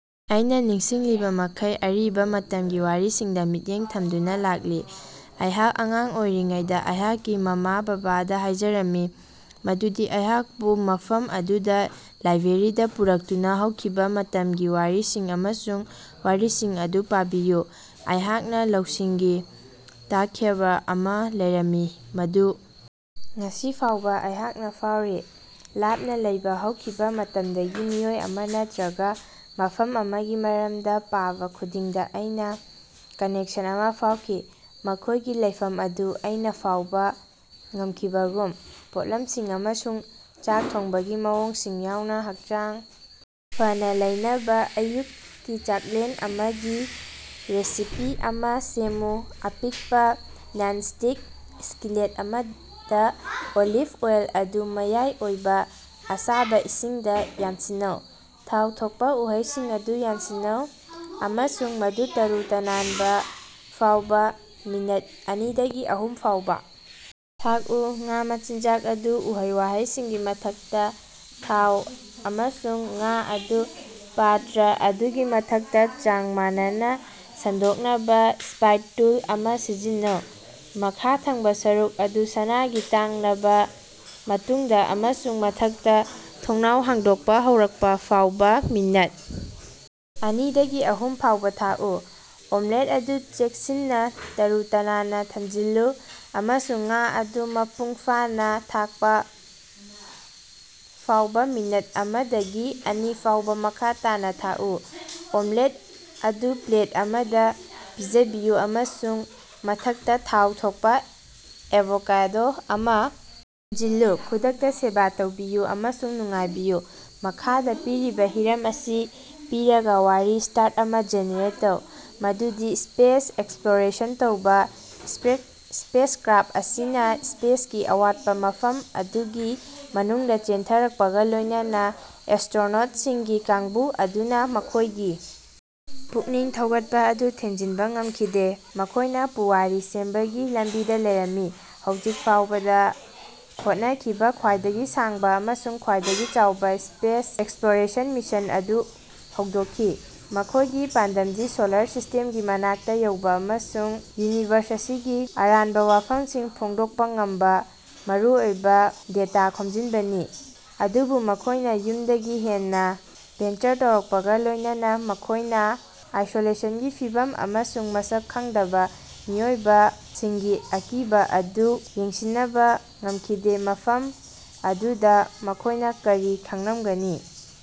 ꯑꯩꯅꯥ ꯅꯤꯡꯁꯤꯡꯂꯤꯕꯃꯈꯩ ꯑꯔꯤꯕꯥ ꯃꯇꯝꯒꯤ ꯋꯥꯔꯤꯁꯤꯡꯗ ꯃꯤꯠꯌꯦꯡ ꯊꯝꯗꯨꯅ ꯂꯥꯛꯂꯤ꯫ ꯑꯩꯍꯥꯛ ꯑꯉꯥꯡ ꯑꯣꯏꯔꯤꯉꯩꯗ ꯑꯩꯍꯥꯛꯀꯤ ꯃꯃꯥ-ꯃꯄꯥꯗ ꯍꯥꯏꯖꯔꯝꯃꯤ ꯃꯗꯨꯗꯤ ꯑꯩꯍꯥꯛꯄꯨ ꯃꯐꯝ ꯑꯗꯨꯒꯤ ꯂꯥꯏꯕ꯭ꯔꯦꯔꯤꯗ ꯄꯨꯔꯛꯇꯨꯅ ꯍꯧꯈꯤꯕ ꯃꯇꯝꯒꯤ ꯋꯥꯔꯤꯁꯤꯡ ꯑꯃꯁꯨꯡ ꯋꯥꯔꯤꯁꯤꯡ ꯑꯗꯨ ꯄꯥꯕꯤꯌꯨ꯫ ꯑꯩꯍꯥꯛꯅꯥ ꯂꯧꯁꯤꯡꯒꯤ ꯇꯛꯈꯥꯌꯔꯕ ꯑꯃ ꯂꯩꯔꯝꯃꯤ ꯃꯗꯨ ꯉꯁꯤ ꯐꯥꯎꯕ ꯑꯩꯍꯥꯛꯅ ꯐꯥꯎꯔꯤ꯫ ꯂꯥꯞꯅ ꯂꯩꯕ ꯍꯧꯈꯤꯕ ꯃꯇꯝꯗꯒꯤ ꯃꯤꯑꯣꯏ ꯑꯃ ꯅꯠꯇꯔꯒ ꯃꯐꯝ ꯑꯃꯒꯤ ꯃꯔꯝꯗ ꯄꯥꯕ ꯈꯨꯗꯤꯡꯗ ꯑꯩꯅ ꯀꯅꯦꯛꯁꯟ ꯑꯃ ꯐꯥꯎꯈꯤ, ꯃꯈꯣꯏꯒꯤ ꯂꯩꯐꯝ ꯑꯗꯨ ꯑꯩꯅ ꯐꯥꯎꯕ ꯉꯝꯈꯤꯕꯒꯨꯝ꯫ ꯄꯣꯠꯂꯝꯁꯤꯡ ꯑꯃꯁꯨꯡ ꯆꯥꯛ ꯊꯣꯡꯕꯒꯤ ꯃꯑꯣꯡꯁꯤꯡ ꯌꯥꯎꯅ ꯍꯛꯆꯥꯡ ꯐꯅꯥ ꯂꯩꯅꯕ ꯑꯌꯨꯛꯀꯤ ꯆꯥꯛꯂꯦꯟ ꯑꯃꯒꯤ ꯔꯦꯁꯤꯄꯤ ꯑꯃ ꯁꯦꯝꯃꯨ꯫ ꯑꯄꯤꯛꯄ ꯅꯟ-ꯁ꯭ꯇꯤꯛ ꯁ꯭ꯀꯤꯂꯦꯠ ꯑꯃꯗ ꯑꯣꯂꯤꯚ ꯑꯣꯜ ꯑꯗꯨ ꯃꯌꯥꯏ ꯑꯣꯏꯕ ꯑꯁꯥꯕ ꯏꯁꯤꯡꯗ ꯌꯥꯟꯁꯤꯟꯅꯧ꯫ ꯊꯥꯎ ꯊꯣꯛꯄ ꯎꯍꯩꯁꯤꯡ ꯑꯗꯨ ꯌꯥꯟꯁꯤꯟꯅꯧ ꯑꯃꯁꯨꯡ ꯃꯗꯨ ꯇꯔꯨ-ꯇꯥꯅꯥꯟꯕ ꯐꯥꯎꯕ ꯃꯤꯅꯠ ꯑꯅꯤꯗꯒꯤ ꯑꯍꯨꯝ ꯐꯥꯎꯕ ꯊꯥꯛꯎ꯫ ꯉꯥꯒꯤ ꯃꯆꯤꯟꯖꯥꯛ ꯑꯗꯨ ꯎꯍꯩ-ꯋꯥꯍꯩꯁꯤꯡꯒꯤ ꯃꯊꯛꯇ ꯊꯥꯎ, ꯑꯃꯁꯨꯡ ꯉꯥ ꯑꯗꯨ ꯄꯥꯇ꯭ꯔ ꯑꯗꯨꯒꯤ ꯃꯊꯛꯇ ꯆꯥꯡ ꯃꯥꯟꯅꯅ ꯁꯟꯗꯣꯛꯅꯕ ꯁ꯭ꯄꯥꯏꯇꯨꯜ ꯑꯃ ꯁꯤꯖꯤꯟꯅꯧ꯫ ꯃꯈꯥ ꯊꯪꯕꯥ ꯁꯔꯨꯛ ꯑꯗꯨ ꯁꯅꯥꯒꯤ ꯇꯛꯂꯕꯥ ꯃꯇꯨꯡꯗ ꯑꯃꯁꯨꯡ ꯃꯊꯛꯇ ꯊꯣꯡꯅꯥꯎ ꯍꯥꯡꯗꯣꯛꯄ ꯍꯧꯔꯛꯄ ꯐꯥꯎꯕ ꯃꯤꯅꯠ ꯑꯅꯤꯗꯒꯤ ꯑꯍꯨꯝ ꯐꯥꯎꯕ ꯊꯥꯛꯎ꯫ ꯑꯣꯃꯦꯂꯦꯠ ꯑꯗꯨ ꯆꯦꯛꯁꯤꯟꯅꯥ ꯇꯔꯨ-ꯇꯅꯥꯟꯅ ꯊꯝꯖꯤꯜꯂꯨ ꯑꯃꯁꯨꯡ ꯉꯥ ꯑꯗꯨ ꯃꯄꯨꯡꯐꯥꯅꯥ ꯊꯥꯛꯄ ꯐꯥꯎꯕ ꯃꯤꯅꯠ ꯑꯃꯗꯒꯤ ꯑꯅꯤ ꯐꯥꯎꯕ ꯃꯈꯥ ꯇꯥꯅ ꯊꯥꯛꯎ꯫ ꯑꯣꯃꯦꯂꯦꯠ ꯑꯗꯨ ꯄ꯭ꯂꯦꯠ ꯑꯃꯗ ꯄꯤꯖꯕꯤꯌꯨ ꯑꯃꯁꯨꯡ ꯃꯊꯛꯇ ꯊꯥꯎ ꯊꯣꯛꯄ ꯑꯦꯚꯣꯀꯦꯗꯣ ꯑꯃ ꯊꯝꯖꯤꯜꯂꯨ꯫ ꯈꯨꯗꯛꯇ ꯁꯦꯕ ꯇꯧꯕꯤꯌꯨ ꯑꯃꯁꯨꯡ ꯅꯨꯡꯉꯥꯏꯕꯤꯌꯨ꯫ ꯃꯈꯥꯗ ꯄꯤꯔꯤꯕꯥ ꯍꯤꯔꯝ ꯑꯁꯤ ꯄꯤꯔꯒ ꯋꯥꯔꯤ ꯁ꯭ꯇꯥꯔꯠ ꯑꯃ ꯖꯦꯅꯦꯔꯦꯠ ꯇꯧ꯫ ꯃꯗꯨꯗꯤ ꯁ꯭ꯄꯦꯁ ꯑꯦꯛꯁꯄ꯭ꯔꯣꯂꯣꯔꯦꯁꯟ ꯇꯧꯕ꯫ ꯁ꯭ꯄꯦꯁꯛꯔꯥꯐ ꯑꯁꯤꯅ ꯁ꯭ꯄꯦꯁꯀꯤ ꯑꯋꯥꯠꯄ ꯃꯐꯝ ꯑꯗꯨꯒꯤ ꯃꯅꯨꯡꯗ ꯆꯦꯟꯊꯔꯛꯄꯒ ꯂꯣꯏꯅꯅ ꯑꯦꯁ꯭ꯠꯔꯣꯅꯣꯇꯁꯤꯡꯒꯤ ꯀꯥꯡꯕꯨ ꯑꯗꯨꯅ ꯃꯈꯣꯏꯒꯤ ꯄꯨꯛꯅꯤꯡ ꯊꯧꯒꯠꯄ ꯑꯗꯨ ꯊꯝꯖꯤꯟꯕ ꯉꯝꯈꯤꯗꯦ꯫ ꯃꯈꯣꯏꯅ ꯄꯨꯋꯥꯔꯤ ꯁꯦꯝꯕꯒꯤ ꯂꯝꯕꯤꯗ ꯂꯩꯔꯝꯃꯤ, ꯍꯧꯖꯤꯛ ꯐꯥꯎꯕꯗ ꯍꯣꯠꯅꯈꯤꯕ ꯈ꯭ꯋꯥꯏꯗꯒꯤ ꯁꯥꯡꯕ ꯑꯃꯁꯨꯡ ꯈ꯭ꯋꯥꯏꯗꯒꯤ ꯆꯥꯎꯕ ꯁ꯭ꯄꯦꯁ ꯑꯦꯛꯁꯞꯂꯣꯔꯦꯁꯟ ꯃꯤꯁꯟ ꯑꯗꯨ ꯍꯧꯗꯣꯛꯈꯤ꯫ ꯃꯈꯣꯏꯒꯤ ꯄꯥꯟꯗꯝꯗꯤ ꯁꯣꯂꯥꯔ ꯁꯤꯁ꯭ꯇꯦꯝꯒꯤ ꯃꯅꯥꯛꯇ ꯌꯧꯕ ꯑꯃꯁꯨꯡ ꯌꯨꯅꯤꯚꯔꯁ ꯑꯁꯤꯒꯤ ꯑꯔꯥꯟꯕ ꯋꯥꯐꯝꯁꯤꯡ ꯐꯣꯡꯗꯣꯛꯄ ꯉꯝꯕ ꯃꯔꯨꯑꯣꯏꯕ ꯗꯦꯇꯥ ꯈꯣꯝꯖꯤꯟꯕꯅꯤ꯫ ꯑꯗꯨꯕꯨ ꯃꯈꯣꯏꯅ ꯌꯨꯝꯗꯒꯤ ꯍꯦꯟꯅ ꯚꯦꯟꯆꯔ ꯇꯧꯔꯛꯄꯒ ꯂꯣꯏꯅꯅ ꯃꯈꯣꯏꯅ ꯑꯥꯏꯁꯣꯂꯦꯁꯅꯒꯤ ꯐꯤꯚꯝ ꯑꯃꯁꯨꯡ ꯃꯁꯛ ꯈꯪꯗꯕ ꯃꯤꯑꯣꯏꯁꯤꯡꯒꯤ ꯑꯀꯤꯕꯥ ꯑꯗꯨ ꯌꯦꯡꯁꯤꯅꯕꯥ ꯉꯝꯈꯤꯗꯦ꯫ ꯃꯐꯝ ꯑꯗꯨꯗ ꯃꯈꯣꯏꯅꯥ ꯀꯔꯤ ꯈꯪꯂꯝꯒꯅꯤ?